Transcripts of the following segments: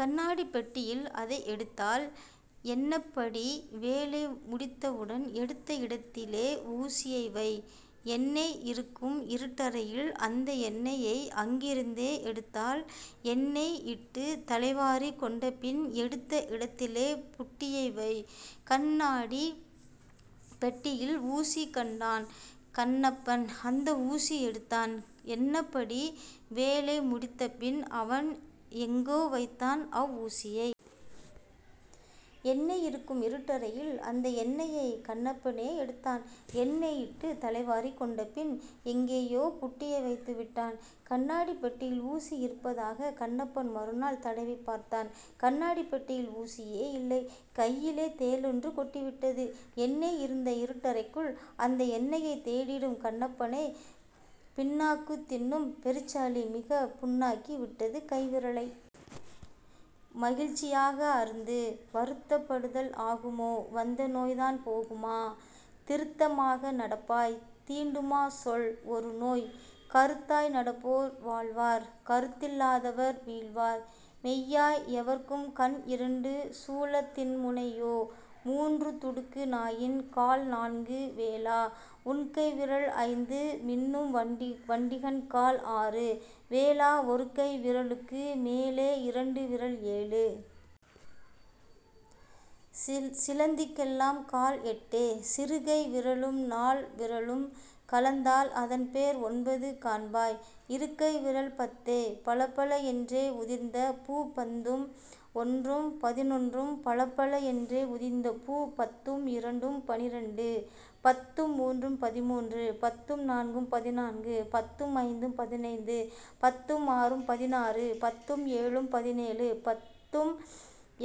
கண்ணாடிப் பெட்டியில் அதை எடுத்தால் எண்ணப்படி வேலை முடிந்த உடன்। எடுத்த இடத்திலே ஊசியை வை. எண்ணெய் இருக்கும் இருட்டறையில்-அந்த எண்ணெயை அங்கிருந்தே எடுத்தால் எண்ணெய் இட்டுத் தலைவாரிக் கொண்டபின் எடுத்த இடத்திலே புட்டியைவை. கண்ணாடிப் பெட்டியில் ஊசி கண்டான் கண்ணப்பன் அந்த ஊசி எடுத்தான்; எண்ணப்படி வேலை முடிந்தபின்-அவன் எங்கோ வைத்தான் அவ்வூசியை. எண்ணெய் இருக்கும் இருட்டறையில்-அந்த எண்ணெயைக் கண்ணப்பனே எடுத்தான்; எண்ணெய் இட்டுத் தலைவாரிக் கொண்டபின் எங்கேயோ புட்டியை வைத்துவிட்டான். கண்ணாடிப் பெட்டியில் ஊசி இருப்பதாய்க் கண்ணப்பன் மறுநாள் தடவிப் பார்த்தான்; கண்ணாடிப் பெட்டியில் ஊசியே இல்லை கையிலே தேளொன்று கொட்டிவிட்டது! எண்ணெய் இருந்த இருட்டறைக்குள்-அந்த எண்ணெயைத் தேடிடும் கண்ணப்பனைப் பிண்ணாக்குத் தின்னும் பெருச்சாளி-மிகப் புண்ணாக்கி விட்டது கைவிரலை! மகிழ்ச்சி யாக அருந்து. வருத்தப் படுதல் ஆகுமோ வந்த நோய்தான் போகுமா? திருத்த மாக நடப்பாய் தீண்டுமா சொல் ஒரு நோய்? கருத்தாய் நடப்போர் வாழ்வார் கருத்தில் லாதவர் வீழ்வார். மெய்யாய் எவர்க்கும் கண் இரண்டு சூலத் தின்முனை யோ மூன்று துடுக்கு நாயின் கால் நான்கு வேலா உன்கை விரல் ஐந்து மின்னும் வண்டின் கால் ஆறு வேலா ஒருகை விர லுக்கு மேலே இரண்டு விரல் ஏழு. சிலந்திக் கெல்லாம் கால் எட்டே சிறுகை விரலும் நால் விரலும் கலந்தால் அதன்பேர் ஒன்பது காண்பாய் இருகை விரல் பத்தே பலபல என்றே உதிர்ந்த பூ பத்தும் ஒன்றும் பதினொன்று பலபல என்றே உதிர்ந்த பூ பத்தும் இரண்டும் பனிரண்டு. பத்தும் மூன்றும் பதின்மூன்று பத்தும் நான்கும் பதினான்கு பத்தும் ஐந்தும் பதினைந்து பத்தும் ஆறும் பதினாறு பத்தும் ஏழும் பதினேழு பத்தும்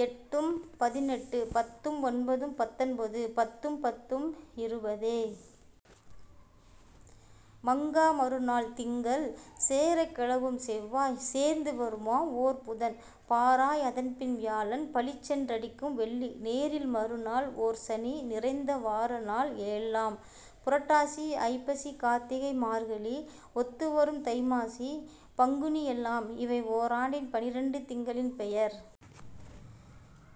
எட்டும் பதினெட்டு பத்தும் ஒன்பதும் பத்தொன்பது பத்தும் பத்தும் இருபதே. மங்கா மறுநாள் திங்கள் சேரக் கௌவும் செவ்வாய் சேர்ந்து வருமாம் ஓர் புதன் பாராய் அதன்பின் வியாழன் பளிச்சென் றடிக்கும் வெள்ளி நேரில் மறுநாள் ஓர்சனி நிறைந்த வார நாள் ஏழாம். புரட்டாசி ஐப்பசிகார்த் திகைமார்கழி ஒத்துவரும் தைமாசி பங்குனிஎல்லாம்-இவை ஓராண்டின் பனிரண்டு திங்களின் பெயர்.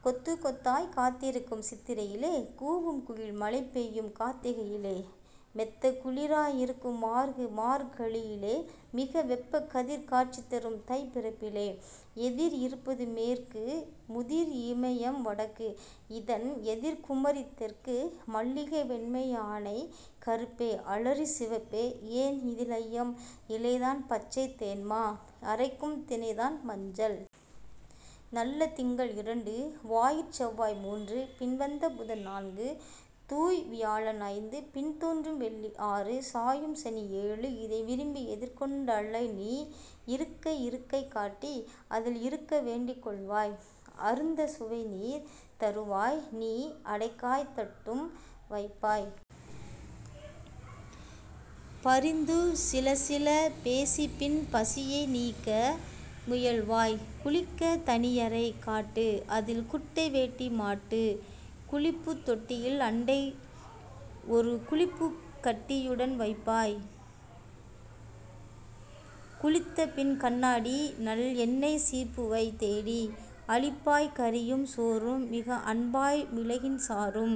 கொத்துக் கொத்தாய்ப் பாவிருக்கும் சித்திரையிலே கூவும்குயில் மழை பெய்யும் கார்த்திகையிலே மெத்தக்குளி ராயிருக்கும் மார்கழியிலே-மிக வெப்பக்கதிர் காட்சிதரும் தைப்பிறப்பிலே. எதிர் இருப்பது மேற்கு முதிர் இமையம் வடக்கு-அதன் எதிர் குமரி தெற்கு. மல்லிகை வெண்மை ஆனை கறுப்பே அலரி சிவப்பே ஏன் இதில் ஐயம்? இலைதான் பச்சை தேன்மா அரைக்கும் தினைதான் மஞ்சள். நல்ல திங்கள் இரண்டு வாயிற் செவ்வாய் மூன்று-பின் வந்த புதன் நான்கு தூய்வி யாழன் ஐந்து-பின் தோன்றும் வெள்ளி ஆறு சாயும்சனி ஏழு-இதைத் விரும்பி எதிர் கொண் டழைநீ. இருக்க இருக்கை காட்டி-அதில் இருக்க வேண்டிக் கொள்வாய். அருந்தச் சுவைநீர் தருவாய்-நீ அடைகாய்த் தட்டும் வைப்பாய். பரிந்து சிலசில பேசிப்-பின் பசியை நீக்க முயல்வாய். குளிக்கத் தனியறை காட்டு-அதில் குட்டை வேட்டி மாட்டு. குளிப்புத் தொட்டியின் அண்டை-ஒரு குளிப்புக் கட்டியும் வைப்பாய். குளித்த பின்கண்ணாடி-நல் எண்ணெய் சீப்புவை தேடி. அளிப்பாய் கறியும் சோறும்-மிக அன்பாய் மிளகின் சாறும்.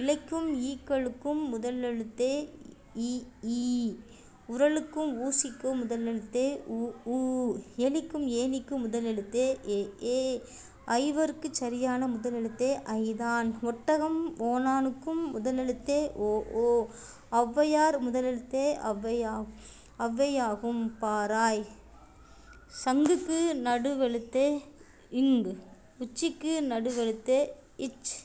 இலைக்கும் ஈக்களுக்கும் முதலெழுத்தே இ ஈ உரலுக்கும் ஊசிக்கும் முதலெழுத்தே உ ஊ எலிக்கும் ஏணிக்கும் முதலெழுத்தே எ ஏ ஐவருக்குச் சரியான முதலெழுத்தே ஐ தான் ஒட்டகம் ஓணானுக்கு முதலெழுத்தே ஒ ஓ ஒளவையார் முதலெழுத்தே ஒளவாகும் பாராய். சங்குக்கு நடுவெழுத்தே ங் உச்சிக்கு நடுவெழுத்தே ச்